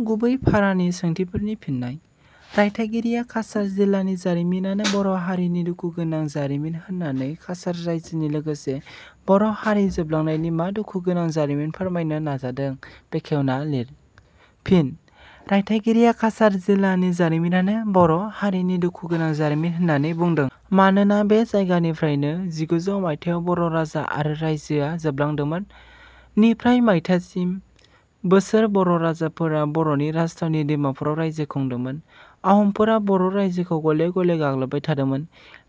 गुबै फारानि सोंथिफोरनि फिन्नाय. रायथाइगिरिया "काछार जिलानि जारिमिनानो बर' हारिनि दुखु गोनां जारिमिन" होननानै काछार राइजोनि लोगोसे बर' हारि जोबलांनायनि मा दुखु गोनां जारिमिन फोरमायनो नाजादों बेखेवना लिर। फिन: रायथाइगिरिया "काछार जिलानि जारिमिनानो बर' हारिनि दुखु गोनां जारिमिन" होननानै बुंदों। मानोना बे जायगानिफ्रायनो जिगुजौ मायथाइयाव बर' राजा आरो राइजोआ जोबलांदोंमोन। निफ्राय मायथाइसिम, बोसोर बर' राजाफोरा बर'नि राजथावनि डिमापुरआव राइजो खुंदोंमोन। आह'मफोरा बर' राइजोखौ गले-गले गाग्लोबबाय थादोंमोन।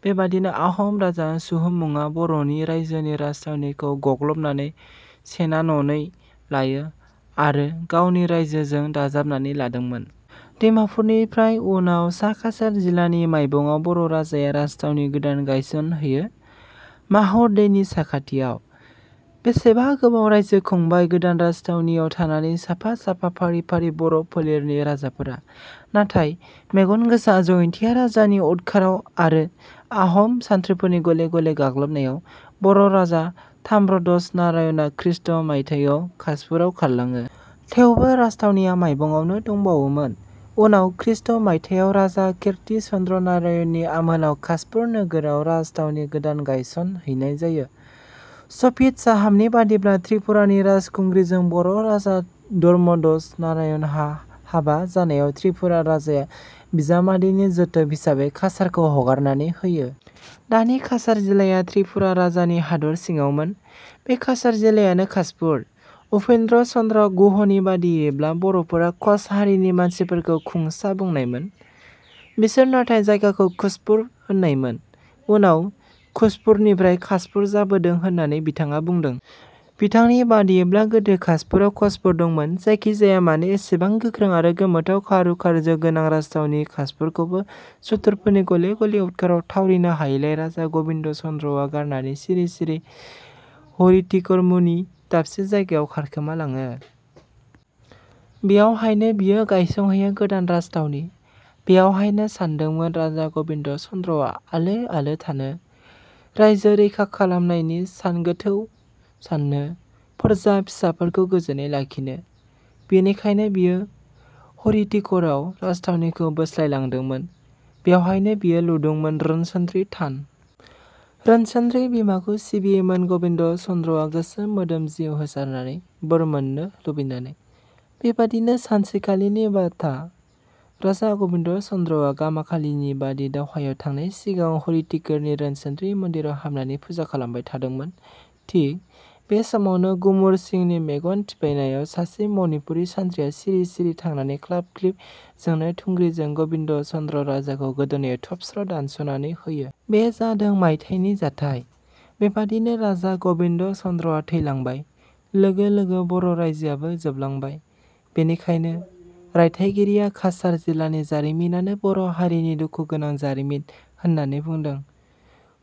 बेबादिनो आह'म राजा चुहुंमुंआ बर'नि राइजोनि राजथावनिखौ गग्लोबनानै सेनाननै लायो आरो गावनि राइजो जों दाजाबनानै लादोंमोन। डिमापुरनिफ्राय उनाव सा काछार जिलानि माइबंआव बर' राजाया राजथावनि गोदान गायसनहैयो माहुर दैनि साखाथियाव। बेसेबा गोबाव राइजो खुंबाय गोदान राजथावनियाव थानानै साफा साफा फारि फारि बर' फोलेरनि राजाफोरा। नाथाय मेगन गोसा जयन्तीया राजानि उदखाराव आरो आह'म सान्त्रिफोरनि गले गले गाग्लोबनायाव बर' राजा ताम्रध्वज नारायना ख्रिष्ट मायथाइयाव खासपुराव खारलाङो। थेवबो राजथावनिया माइबंआवनो दंबावोमोन। उनाव ख्रिष्ट मायथाइयाव राजा कीर्ति चन्द्र नारायननि आमोलाव खासपुर नोगोराव राजथावनि गोदान गायसन हैनाय जायो। सफिद चाहाबनि बादिब्ला त्रिपुरानि राजखुंग्रिजों बर' राजा धर्मध्वज नारायनहा हाबा जानायाव त्रिपुरा राजाया बिजामादैनि जोथोब हिसाबै काछारखौ हगारनानै होयो। दानि काछार जिलाया त्रिपुरा राजानि हादर सिङावमोन। बे काछार जिलायानो खासपुर। उपेन्द्र चन्द्र गुहनि बादियैब्ला बर'फोरा क'च हारिनि मानसिफोरखौ खुंसा बुंनायमोन। बिसोर नाथाय जायगाखौ खुसपुर होननायमोन। उनाव खुसपुरनिफ्राय खासपुर जाबोदों होननानै बिथाङा बुंदों। बिथांनि बादियैब्ला गोदो खासपुराव क'चफोर दंमोन। जायखि जाया मानो एसेबां गोख्रों आरो गोमोथाव कारुकार्य गोनां राजथावनि खासपुरखौबो सुथुरफोरनि गले गले उदखाराव थावरिनो हायैलाय राजा गबिन्द' चन्द्रआ गारनानै सिरि सिरि "हरिटिकर" मुनि दाबसे जायगायाव खारखोमा लाङो। बेयावहायनो बियो गायसंहैयो गोदान राजथावनि। बेयावहायनो सान्दोंमोन राजा गबिन्द' चन्द्रआ आलो आलो थानो, राइजो रैखा खालमनायनि सानगोथौ साननो, फोरजा फिसाफोरखौ गोजोनै लाखिनो। बेनिखायनो बियो हरिटिकराव राजथावनिखौ बोस्लाय लांदोंमोन। बेयावहायनो बियो लुदोंमोन रोनसोन्द्रि थान। रोनसोन्द्रि बिमाखौ सिबियोमोन गबिन्द' चन्द्रआ गोसो मोदोम जिउ होसारनानै, बोर मोननो लुबैनानै। बेबादिनो सानसेखालिनि बाथा। राजा गबिन्द' चन्द्रआ गामाखालिनि बादि दावहायाव थांनाय सिगां हरिटिकरनि रोनसोन्द्रि मन्दिराव हाबनानै फुजा खालामबाय थादोंमोन। थिग बे समावनो गुमुर सिंनि मेगन थिफायनायाव सासे मनिपुरी सान्थ्रिया सिरि-सिरि थांनानै ख्लाब ख्लिब जोंनाय थुंग्रिजों गबिन्द' चन्द्र राजाखौ गोदोनायाव थबस्र' दानस'नानै होयो। बे जादों मायथाइनि जाथाइ। बेबादिनो राजा गबिन्द' चन्द्रआ थैलांबाय। लोगो लोगो बर' राइजोआबो जोबलांबाय। बेनिखायनो रायथाइगिरिया "काछार जिलानि जारिमिनानो बर' हारिनि दुखु गोनां जारिमिन" होननानै बुंदों।.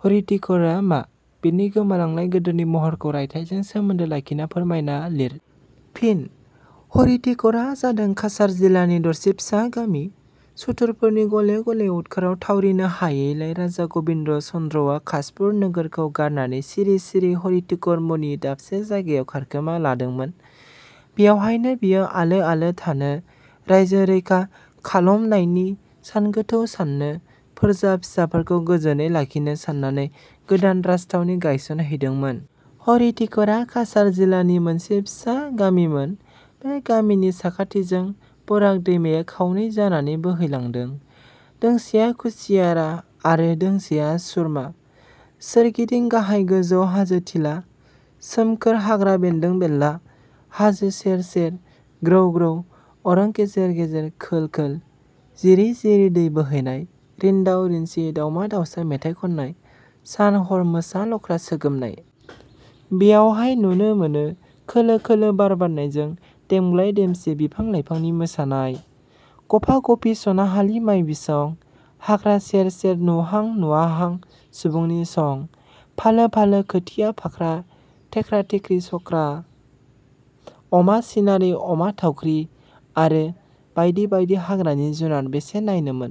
हरिटिकरआ मा? बेनि गोमालांनाय गोदोनि महरखौ रायथाइजों सोमोन्दो लाखिना फोरमायना लिर। फिन: "हरिटिकर"आ जादों काछार जिलानि दरसे फिसा गामि। सुथुरफोरनि गले गले उदखाराव थावरिनो हायैलाय राजा गबिन्द' चन्द्रआ खासपुर नोगोरखौ गारनानै सिरि सिरि "हरिटिकर" मुनि दाबसे जायगायाव खारखोमा लादोंमोन। बेयावहायनो बियो आलो आलो थानो, राइजो रैखा खालमनायनि सानगोथौ साननो, फोरजा फिसाफोरखौ गोजोनै लाखिनो सान्नानै गोदान राजथावनि गायसनहैदोंमोन। हरिटिकरा काछार जिलानि मोनसे फिसा गामिमोन। बे गामिनि साखाथिजों बराक दैमाया खावनै जानानै बोहैलांदों। दोंसेया कुसियारा आरो दोंसेया सुरमा। सोरगिदिं गाहाय-गोजौ हाजो थिला। सोमखोर हाग्रा बेन्दों-बेनला। हाजो सेर सेर, ग्रौ-ग्रौ अरं गेजेर गेजेर खोल खोल, जिरि जिरि दै बोहैनाय, रिन्दाव- रिनसि दाउमा दाउसा मेथाइ खननाय, सान-हर मोसा-लख्रा सोगोमनाय। बेयावहाय नुनो मोनो खोलो खोलो बार बारनायजों देमग्लाय-देमसि बिफां-लाइफांनि मोसानाय। गफा-गफि सनाहालि माइ बिसं, हाग्रा सेर सेर नुहां नुवाहां सुबुंनि सं। फालो फालो खोथिया फाख्रा, थेख्रा-थेख्रि सख्रा। अमा सिनारि, अमा थावख्रि आरो बायदि बायदि हाग्रानि जुनार बेसे नायनोमोन।